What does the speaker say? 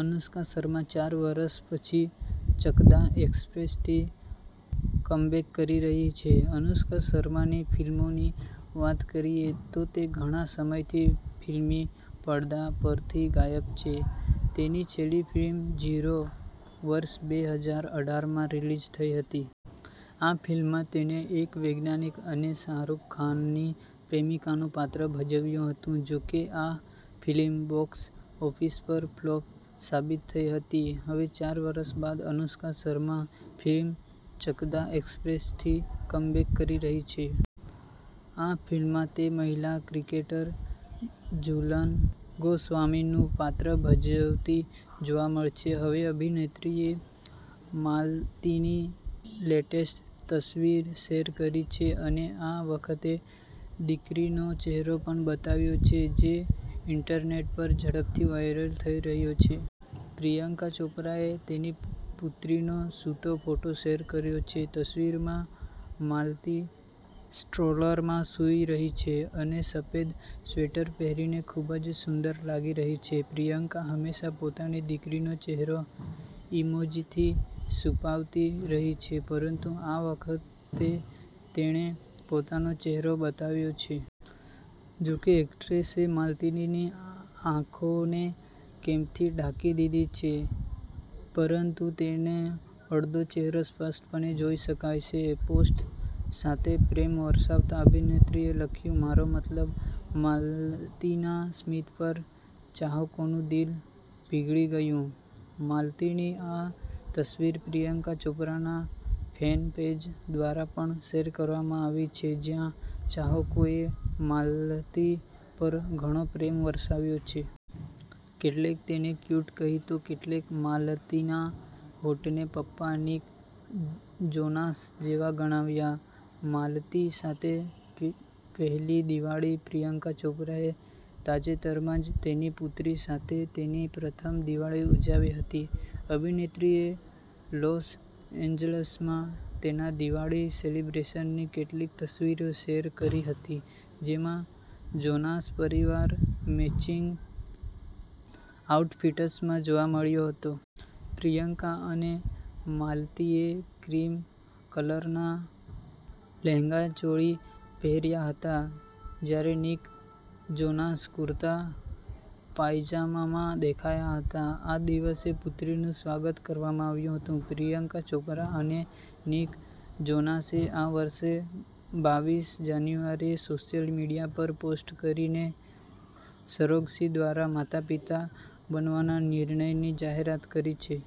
અનુષ્કા શર્મા ચાર વર્ષ પછી ચકદા એક્સપ્રેસથી કમબેક કરી રહી છે: અનુષ્કા શર્માની ફિલ્મોની વાત કરીએ તો તે ઘણા સમયથી ફિલ્મી પડદા પરથી ગાયબ છે. તેની છેલ્લી ફિલ્મ 'ઝીરો' વર્ષ બે હજાર અઢાર માં રિલીઝ થઈ હતી. આ ફિલ્મમાં તેણે એક વૈજ્ઞાનિક અને શાહરૂખ ખાનની પ્રેમિકાનું પાત્ર ભજવ્યું હતું. જોકે, આ ફિલ્મ બોક્સ ઓફિસ પર ફ્લોપ સાબિત થઈ હતી. હવે ચાર વર્ષ બાદ અનુષ્કા શર્મા ફિલ્મ 'ચકદા એક્સપ્રેસ'થી કમબેક કરી રહી છે. આ ફિલ્મમાં તે મહિલા ક્રિકેટર ઝુલન ગોસ્વામીનું પાત્ર ભજવતી જોવા મળશે. હવે અભિનેત્રીએ માલતીની લેટેસ્ટ તસવીર શેર કરી છે અને આ વખતે દીકરીનો ચહેરો પણ બતાવ્યો છે, જે ઈન્ટરનેટ પર ઝડપથી વાયરલ થઈ રહ્યો છે. પ્રિયંકા ચોપરાએ તેની પુત્રીનો સૂતો ફોટો શેર કર્યો છે. તસવીરમાં માલતી સ્ટ્રોલરમાં સૂઈ રહી છે અને સફેદ સ્વેટર પહેરીને ખૂબ જ સુંદર લાગી રહી છે. પ્રિયંકા હંમેશા પોતાની દીકરીનો ચહેરો ઈમોજીથી છુપાવતી રહી છે, પરંતુ આ વખતે તેણે પોતાનો ચહેરો બતાવ્યો છે. જોકે એક્ટ્રેસે માલતીની આંખોને કેપથી ઢાંકી દીધી છે, પરંતુ તેનો અડધો ચહેરો સ્પષ્ટપણે જોઈ શકાય છે. પોસ્ટ સાથે પ્રેમ વરસાવતા અભિનેત્રીએ લખ્યું, "મારો મતલબ" માલતીના સ્મિત પર ચાહકોનું દિલ પીઘળી ગયું: માલતીની આ તસવીર પ્રિયંકા ચોપરાના ફેન પેજ દ્વારા પણ શેર કરવામાં આવી છે, જ્યાં ચાહકોએ માલતી પર ઘણો પ્રેમ વરસાવ્યો છે. કેટલાકે તેને ક્યૂટ કહી તો કેટલાકે માલતીના હોઠને પાપા નિક જોનાસ જેવા ગણાવ્યા. માલતી સાથે પહેલી દિવાળી: પ્રિયંકા ચોપરાએ તાજેતરમાં જ તેની પુત્રી સાથે તેની પ્રથમ દિવાળી ઉજવી હતી. અભિનેત્રીએ લોસ એન્જલસમાં તેના દિવાળી સેલિબ્રેશનની કેટલીક તસવીરો શેર કરી હતી, જેમાં જોનાસ પરિવાર મેચિંગ આઉટફિટ્સમાં જોવા મળ્યો હતો. પ્રિયંકા અને માલતીએ ક્રીમ કલરના લહેંગા ચોલી પહેર્યા હતા, જ્યારે નિક જોનાસ કુર્તા પાયજામામાં દેખાયા હતા. આ દિવસે પુત્રીનું સ્વાગત કરવામાં આવ્યું હતું: પ્રિયંકા ચોપરા અને નિક જોનાસે આ વર્ષે બાવીસ જાન્યુઆરીએ સોશિયલ મીડિયા પર પોસ્ટ કરીને સરોગસી દ્વારા માતાપિતા બનવાના નિર્ણયની જાહેરાત કરી હતી.